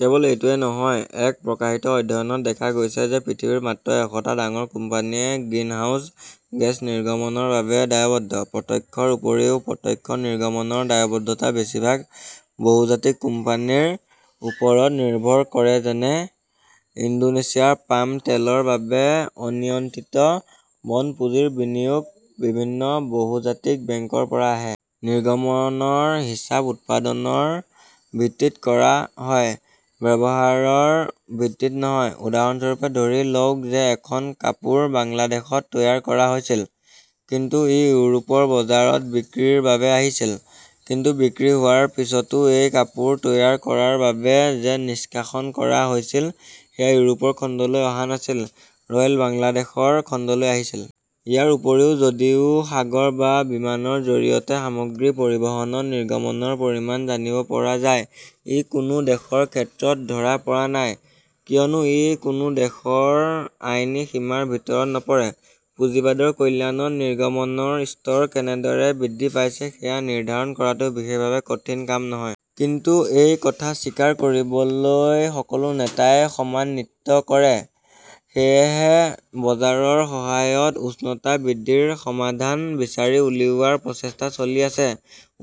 কেৱল এইটোৱেই নহয়, এক প্ৰকাশিত অধ্যয়নত দেখা গৈছে যে পৃথিৱীৰ মাত্ৰ এশটা ডাঙৰ কোম্পানীয়ে গ্ৰিনহাউজ গেছ নিৰ্গমনৰ বাবে দায়বদ্ধ। প্ৰত্যক্ষৰ উপৰিও, প্ৰত্যক্ষ নিৰ্গমনৰ দায়বদ্ধতা বেছিভাগ বহুজাতিক কোম্পানীৰ ওপৰত নিৰ্ভৰ কৰেযেনে, ইণ্ডোনেছিয়াৰ পাম তেলৰ বাবে অনিয়ন্ত্ৰিত বন পুঁজিৰ বিনিয়োগ বিভিন্ন বহুজাতিক বেংকৰ পৰা আহে। নিৰ্গমনৰ হিচাপ উৎপাদনৰ ভিত্তিত কৰা হয়, ব্যৱহাৰৰ ভিত্তিত নহয়। উদাহৰণস্বৰূপে, ধৰি লওঁক যে এখন কাপোৰ বাংলাদেশত তৈয়াৰ কৰা হৈছিল, কিন্তু ই ইউৰোপৰ বজাৰত বিক্ৰীৰ বাবে আহিছিল। কিন্তু বিক্ৰী হোৱাৰ পিছতো এই কাপোৰ তৈয়াৰ কৰাৰ বাবে যি নিষ্কাশন কৰা হৈছিল সেয়া ইউৰোপৰ খণ্ডলৈ অহা নাছিল, ৰয়েল বাংলাদেশৰ খণ্ডলৈ আহিছিল। ইয়াৰ উপৰিও, যদিও সাগৰ বা বিমানৰ জৰিয়তে সামগ্ৰী পৰিবহণত নিৰ্গমনৰ পৰিমাণ জানিব পৰা যায়, ই কোনো দেশৰ ক্ষেত্ৰত ধৰা পৰা নাই, কিয়নো ই কোনো দেশৰ আইনী সীমাৰ ভিতৰত নপৰে। পুঁজিবাদৰ কল্যাণত নিৰ্গমনৰ স্তৰ কেনেদৰে বৃদ্ধি পাইছে সেয়া নিৰ্ধাৰণ কৰাটো বিশেষভাৱে কঠিন কাম নহয়। কিন্তু, এই কথা স্বীকাৰ কৰিবলৈ সকলো নেতাই সমান নৃত্য কৰে। সেয়েহে বজাৰৰ সহায়ত উষ্ণতা বৃদ্ধিৰ সমাধান বিচাৰি উলিওৱাৰ প্ৰচেষ্টা চলি আছে।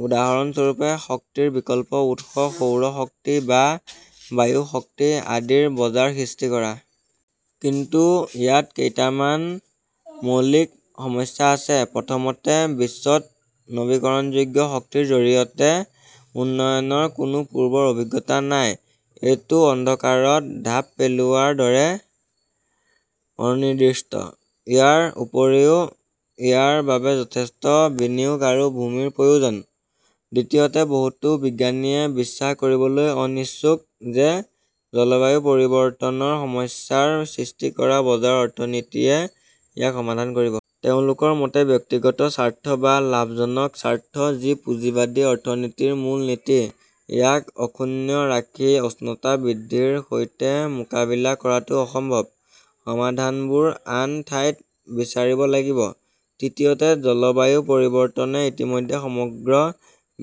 উদাহৰণস্বৰূপে, শক্তিৰ বিকল্প উৎস-সৌৰ শক্তি বা বায়ু শক্তি আদিৰ বজাৰ সৃষ্টি কৰা। কিন্তু ইয়াত কেইটামান মৌলিক সমস্যা আছে। প্ৰথমতে, বিশ্বত নৱীকৰণযোগ্য শক্তিৰ জৰিয়তে উন্নয়নৰ কোনো পূৰ্বৰ অভিজ্ঞতা নাই। এইটো অন্ধকাৰত ঢাপ পেলোৱাৰ দৰে, অনিৰ্দিষ্ট। ইয়াৰ উপৰিও, ইয়াৰ বাবে যথেষ্ট বিনিয়োগ আৰু ভূমিৰ প্ৰয়োজন। দ্বিতীয়তে, বহুতো বিজ্ঞানীয়ে বিশ্বাস কৰিবলৈ অনিচ্ছুক যে জলবায়ু পৰিৱৰ্তনৰ সমস্যাৰ সৃষ্টি কৰা বজাৰ-অৰ্থনীতিয়ে ইয়াক সমাধান কৰিব। তেওঁলোকৰ মতে, ব্যক্তিগত স্বাৰ্থ বা লাভজনক স্বাৰ্থ, যি পুঁজিবাদী অৰ্থনীতিৰ মূল নীতি-ইয়াক অক্ষুণ্ণ ৰাখি উষ্ণতা বৃদ্ধিৰ সৈতে মোকাবিলা কৰাটো অসম্ভৱ, সমাধানবোৰ আন ঠাইত বিচাৰিব লাগিব। তৃতীয়তে, জলবায়ু পৰিৱৰ্তনে ইতিমধ্যে সমগ্ৰ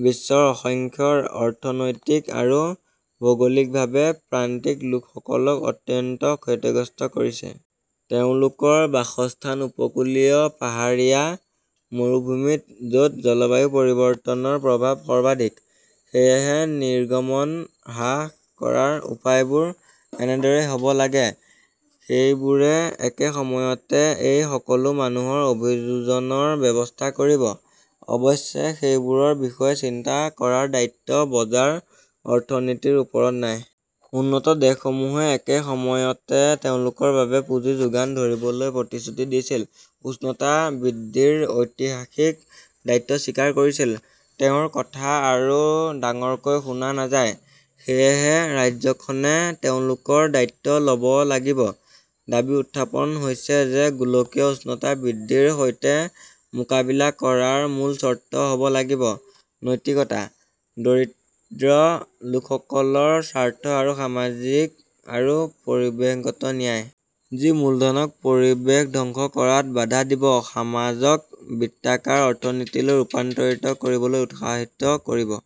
বিশ্বৰ অসংখ্য অৰ্থনৈতিক আৰু ভৌগোলিকভাৱে প্ৰান্তিক লোকসকলক অত্যন্ত ক্ষতিগ্ৰস্ত কৰিছে। তেওঁলোকৰ বাসস্থান উপকূলীয়, পাহাৰীয়া, মৰুভূমিত, য'ত জলবায়ু পৰিৱৰ্তনৰ প্ৰভাৱ সৰ্বাধিক। সেয়েহে নিৰ্গমন হ্ৰাস কৰাৰ উপায়বোৰ এনেদৰেই হ 'ব লাগে, সেইবোৰে একে সময়তে এই সকলো মানুহৰ অভিযোজনৰ ব্যৱস্থা কৰিব। অৱশ্যে, সেইবোৰৰ বিষয়ে চিন্তা কৰাৰ দায়িত্ব বজাৰ অৰ্থনীতিৰ ওপৰত নাই। উন্নত দেশসমূহে একে সময়তে তেওঁলোকৰ বাবে পুঁজি যোগান ধৰিবলৈ প্ৰতিশ্ৰুতি দিছিল, উষ্ণতা বৃদ্ধিৰ ঐতিহাসিক দায়িত্ব স্বীকাৰ কৰিছিল। তেওঁৰ কথা আৰু ডাঙৰকৈ শুনা নাযায়। সেয়েহে, ৰাজ্যখনে তেওঁলোকৰ দায়িত্ব ল'ব লাগিব। দাবী উত্থাপন হৈছে যে গোলকীয় উষ্ণতা বৃদ্ধিৰ সৈতে মোকাবিলা কৰাৰ মূল চৰ্ত হ'ব লাগিব নৈতিকতা, দৰিদ্ৰ লোকসকলৰ স্বাৰ্থ আৰু সামাজিক আৰু পৰিৱেশগত ন্যায়। যি মূলধনক পৰিৱেশ ধ্বংস কৰাত বাধা দিব, সমাজক বৃত্তাকাৰ অৰ্থনীতিলৈ ৰূপান্তৰিত কৰিবলৈ উৎসাহিত কৰিব।